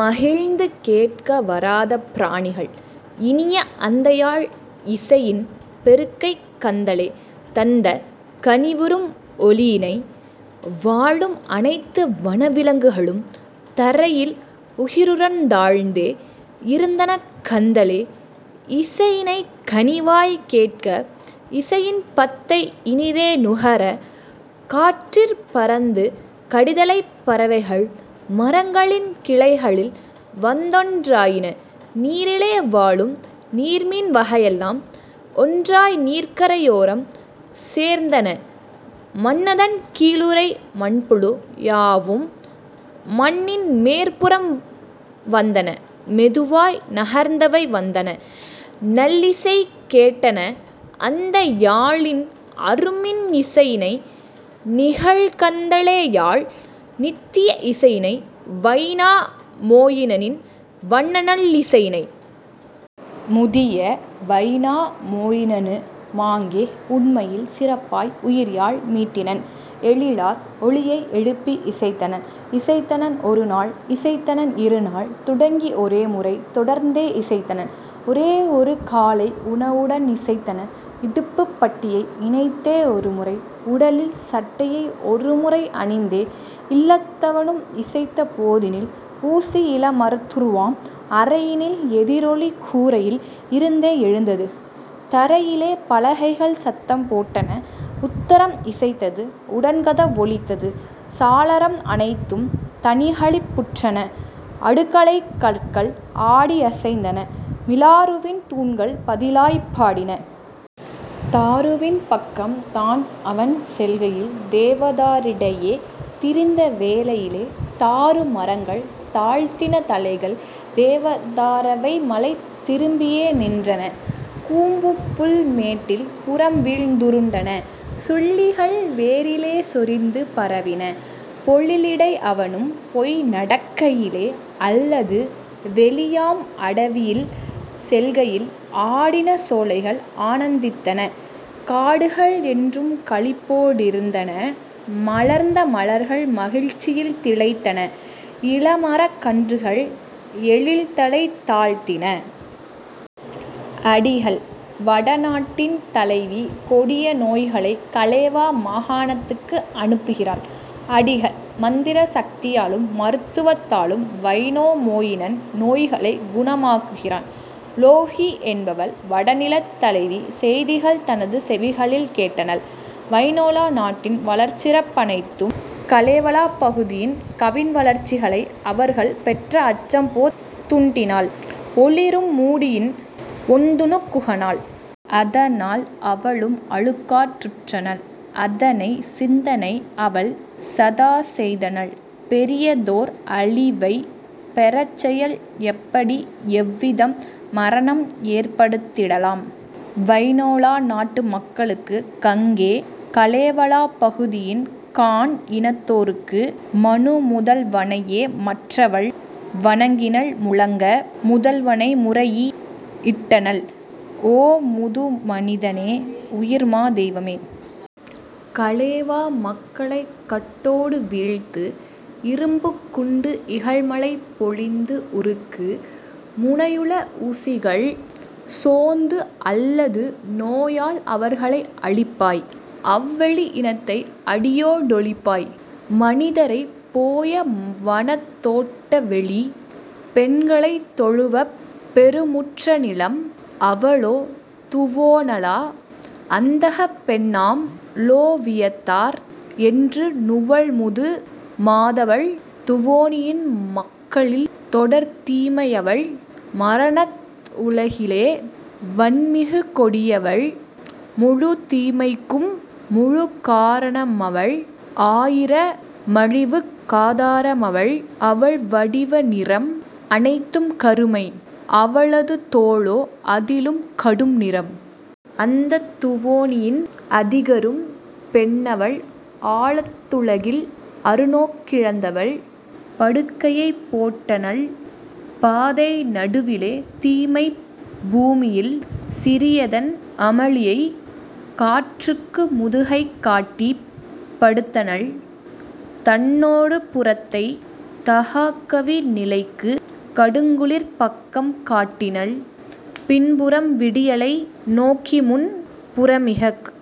மகிழ்ந்து கேட்க வராத பிராணிகள் இனிய அந்தயாழ் இசையின் பெருக்கை கந்தலே தந்த கனிவுறும் ஒலியினை. வாழும் அனைத்து வனவிலங் குகளும் தரையில் உகிருறத் தாழ்ந்தே இருந்தன கந்தலே இசையினைக் கனிவாய்க் கேட்க இசையின் பத்தை இனிதே நுகர; காற்றிற் பறந்து கடிதலை பறவைகள் மரங்களின் கிளைகளில் வந்தொன் றாயின நீரிலே வாழும் நீர்மீன் வகையெலாம் ஒன்றாய் நீர்க்கரை யோரம் சேர்ந்தன மண்ணதன் கீழ்உறை மண்புழு யாவும் மண்ணின் மேற்புறம் வந்தன மெதுவாய் நகர்ந்தவை வந்தன நல்லிசை கேட்டன அந்த யாழின் அரும்மின் னிசையினை நிகழ்கந் தலேயாழ் நித்திய இசையினை வைனா மொயினனின் வண்ணநல் லிசையினை. முதிய வையினா மொயினனு மாங்கே உண்மையில் சிறப்பாய் உயர்யாழ் மீட்டினன் எழிலார் ஒலியை எழுப்பி இசைத்தனன்; இசைத்தனன் ஒருநாள் இசைத்தனன் இருநாள் தொடங்கி ஒரேமுறை தொடர்ந்தே இசைத்தனன் ஒரேயொரு காலை உணவுட னிசைத்தனன் இடுப்புப் பட்டியை இணைத்தே ஒருமுறை உடலில் சட்டையை ஒருமுறை அணிந்தே. இல்லத் தவனும் இசைத்த போதினில் ஊசி யிலைமரத் துருவாம் அறையினில் எதிரொலி கூரையில் இருந்தே எழுந்தது தரையிலே பலகைகள் சத்தம் போட்டன உத்தரம் இசைத்தது உடன்கத வொலித்தது சாளரம் அனைத்தும் தனிக்களிப் புற்றன அடுக்களைக் கற்கள் ஆடி யசைந்தன மிலாறுவின் தூண்கள் பதிலாய்ப் பாடின. தாருவின் பக்கம் தான்அவன் செல்கையில் தேவதா ரிடை யே திரிந்தவே ளையிலே தாரு மரங்கள் தாழ்த்தின தலைகள் தேவதா ரவைமலைத் திரும்பியே நின்றன கூம்புபுல் மேட்டில் புறம்வீழ்ந் துருண்டன சுள்ளிகள் வேரிலே சொரிந்து பரவின பொழிலிடை அவனும் போய்நடக் கையிலே அல்லது வெளியாம் அடவியில் செல்கையில் ஆடின சோலைகள் ஆனந் தித்தன காடுகள் என்றும் களிப்போ டிருந்தன மலர்ந்த மலர்கள் மகிழ்ச்சியில் திளைத்தன இளமரக் கன்றுகள் எழில்தலை தாழ்த்தின. அடிகள்: வட நாட்டின் தலைவி கொடிய நோய்களைக் கலேவா மாகாணத்துக்கு அனுப்புகிறாள். அடிகள்: மந்திர சக்தியாலும் மருத்துவத்தாலும் வைனாமொயினன் நோய்களைக் குணமாக்குகிறான். லொவ்ஹி என்பவள் வடநிலத் தலைவி செய்திகள் தனது செவிகளில் கேட்டனள் வைனொலா நாட்டின் வளர்சிறப் பனைத்தும் கலேவலாப் பகுதியின் கவின்வளர்ச் சிகளை அவர்கள் பெற்றஅச் சம்போத் துண்டினால் ஒளிரும் மூடியின் ஒண்துணுக் குகனால். அதனால் அவளும் அழுக்கா றுற்றனள் அதனைச் சிந்தனை அவள்சதா செய்தனள் பெரியதோர் அழிவைப் பெறச்செயல் எப்படி எவ்விதம் மரணம் ஏற்படுத் திடலாம் வைனொலா நாட்டு மக்களுக் கங்கே கலேவலாப் பகுதியின் காண்இனத் தோர்க்கு. மனுமுதல் வனையே மற்றவள் வணங்கினள் முழங்க முதல்வனை முறையீ டிட்டனள்: "ஓ, முது மனிதனே, உயர்மா தெய்வமே! கலேவா மக்களைக் கட்டொடு வீழ்த்து இரும்புக் குண்டு இகல்மழை பொழிந்து உருக்கு முனையுள ஊசிகள் சோந்து அல்லது நோயால் அவர்களை அழிப்பாய் அவ்வெளி இனத்தை அடியோ டொழிப்பாய் மனிதரைப் பொய வனத்தோட் டவெளி பெண்களைத் தொழுவப் பெருமுற் றநிலம்! " அவளோ துவோனலா அந்தகப் பெண்ணாம் லொவியத்தார் என்று நுவல்முது மாதவள் துவோனியின் மக்களில் தொடர்தீ மையவள் மரணத் உலகிலே வன்மிகுக் கொடியவள் முழுத் தீமைக்கும் முழுக்கா ரணமவள் ஆயிர மழிவுக் காதா ரமவள்; அவள்வடி வநிறம் அனைத்தும் கருமை அவளது தோலோ அதிலும் கடும்நிறம். அந்தத் துவோனியின் அதிகரும் பெண்ணவள் ஆழத் துலகில் அருநோக் கிழந்தவள் படுக்கையைப் போட்டனள் பாதை நடுவிலே தீமைப் பூமியில் சிறியதன் அமளியை; காற்றுக்கு முதுகைக் காட்டிப் படுத்தனள் தன்னொரு புறத்தை தகாக்கவி நிலைக்கு கடுங்குளிர்ப் பக்கம் காட்டினள் பின்புறம் விடியலை நோக்கிமுன் புறமிகக்